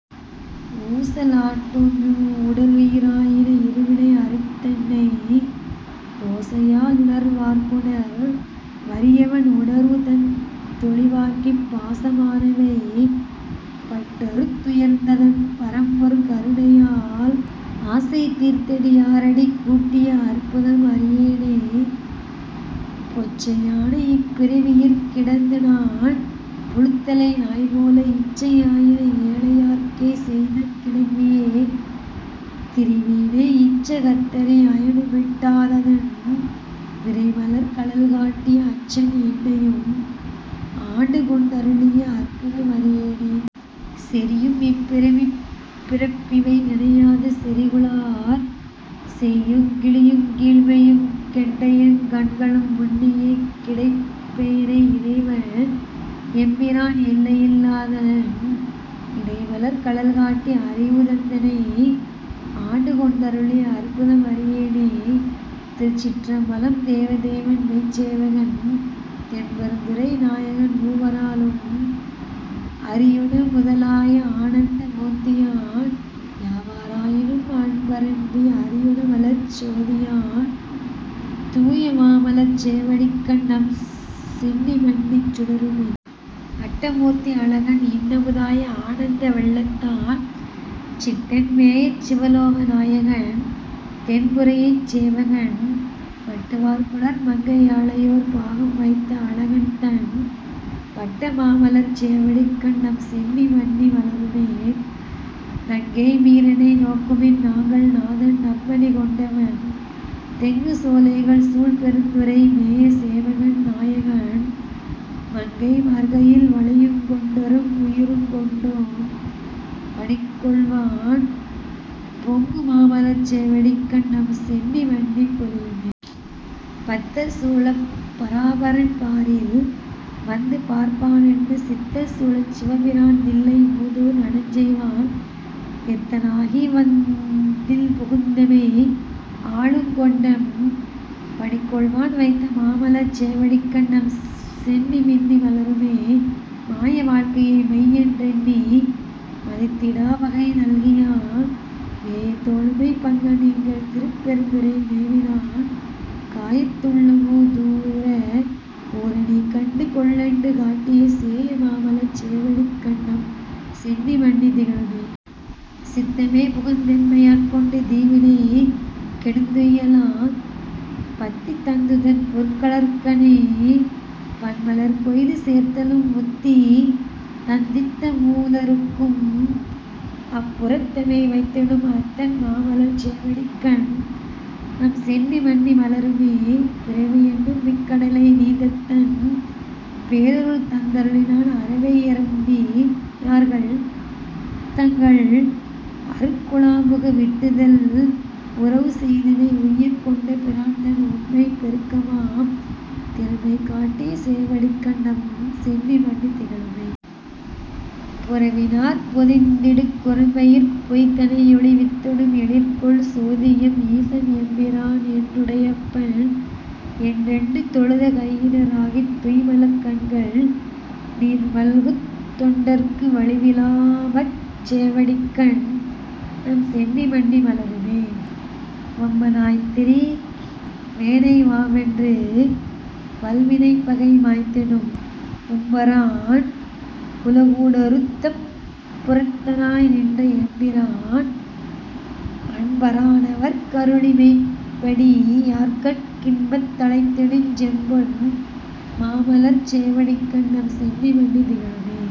ஊச லாட்டுமிவ் வுடலுயி ராயின இருவினை அறுத்தென்னை ஓசையா லுணர் வார்க்குணர் வரியவன் உணர்வுதந் தொளிவாக்கிப் பாச மானவை பற்றறுத் துயர்ந்ததன் பரம்பொருங் கருணையால் ஆசை தீர்த்தடி யாரடிக் கூட்டிய அற்புதம் அறியேனே. பொச்சை யானஇப் பிறவியிற் கிடந்துநான் புழுத்தலை நாய்போல இச்சை யாயின ஏழையர்க் கேசெய்தங் கிணங்கியே திரிவேனை இச்ச கத்தரி அயனுமெட் டாததன் விரைமலர்க் கழல்காட்டி அச்சன் என்னையும் ஆண்டுகொண் டருளிய அற்புதம் அறியேனே. செறியும் இப்பிறவிப் பிறப்பிவை நினையாது செறிகுழலார் செய்யுங் கிறியுங் கீழ்மையுங் கெண்டையங் கண்களும் உன்னியே கிடப்பேனை இறைவன் எம்பிரான் எல்லையில் லாததன் இணைமலர்க் கழல்காட்டி அறிவு தந்தெனை ஆண்டுகொண் டருளிய அற்புதம் அறியேனே. திருச்சிற்றம்பலம் தேவ தேவன்மெய்ச் சேவகன் தென்பெ ருந்துறை நாயகன் மூவ ராலும் அறியொணாமுத லாய ஆனந்த மூர்த்தியான் யாவ ராயினும் அன்பரன்றி அறியொ ணாமலர்ச் சோதியான் தூயமாமலர்ச் சேவடிக்கண்நம் சென்னி மன்னிச் சுடருமே. அட்டமூர்த்தி அழகன்இன்னமு தாய ஆனந்த வெள்ளத்தான் சிட்டன் மேயச்சிவ லோகநாயகன் தென்பெ ருந்துறைச் சேவகன் மட்டு வார்குழல் மங்கை யாளையோர் பாகம் வைத்த அழகன்தன் வட்ட மாமலர்ச் சேவடிக் கண்நம் சென்னி மன்னி மலருமே. நங்கை மீரெனை நோக்குமின் நங்கள் நாதன் நம்பணி கொண்டவன் தெங்கு சோலைகள் சூழ்பெருந் துறை மேய சேவகன் நாயகன் மங்கை மார்கையில் வளையுங்கொண்டெம் உயிருங் கொண்டெம் பணிகொள்வான் பொங்கு மாமலர்ச் சேவடிக்கண்நம் சென்னி மன்னிப் பொ பத்தர் சூழப் பராபரன் பாரில் வந்துபார்ப் பானெனச் சித்தர் சூழச் சிவபிரான் தில்லை மூதூர் நடஞ்செய்வான் எத்தனாகிவந் தில்புகுந்தெமை ஆளுங் கொண்டெம் பணிகொள்வான் வைத்த மாமலர்ச் சேவடிக்கண்நம் சென்னி மன்னி மலருமே. மாய வாழ்க்கையை மெய்யென் றெண்ணி மதித்திடா வகை நல்கியான் வேய தோளுமை பங்கன் எங்கள் திருப்பெ ருந்துறை மேவினான் காயத் துள்ளமு தூறஊறநீ கண்டு கொள்ளென்று காட்டிய சேய மாமலர்ச் சேவடிக்கண்நம் சென்னி மன்னி திகழுமே. சித்தமே புகுந் தெம்மையாட் கொண்டு தீவினை கெடுந் துய்யலாம் பத்தி தந்துதன் பொற்கழற்கணே பன்மலர் கொய்து சேர்த்தலும் முத்தி தந்திந்த மூவுலகுக்கும் அப்பு றத்தெமை வைத்திடும் அத்தன் மாமலர்ச் சேவடிக்கண்நம் சென்னி மன்னி மலருமே. பிறவி யென்னுமிக் கடலைநீந் தத்தன் பேரருள்தந் தருளினான் அறவை யென்றடி யார்கள் தங்கள் அருட்கு ழாம்புக விட்டுநல் உறவு செய்தெனை உய்யக்கொண்ட பிரான்தன் உண்மைப் பெருக்கமாம் திறமை காட்டிய சேவடிக்கண்நம் சென்னி மன்னி திகழுமே. புழுவி னாற்பொதிந் திடுகுரம்பையிற் பொய் தனையொழி வித்திடும் எழில்கொள் சோதியெம் ஈசன்எம்பிரான் என்னு டையப்பன் என்றென்று தொழுத கையின ராகித் துய்மலர்க் கண்கள் நீர்மல்குந் தொண்டர்க்கு வழுவி லாமலர்ச் சேவடிக்கண்நம் சென்னி மன்னி மலருமே. வம்ப னாய்த்திரி வேனைவாவென்று வல்வி னைப்பகை மாய்த்திடும் உம்ப ரான்உல கூடறுத்தப் புறத்தனாய் நின்ற எம்பிரான் அன்பரானவர்க்கருளி மெய்யடி யார்கட் கின்பந் தழைந்திடுஞ் செம்பொன் மாமலர்ச் சேவடிக்கண்நம் சென்னி மன்னி திகழுமே.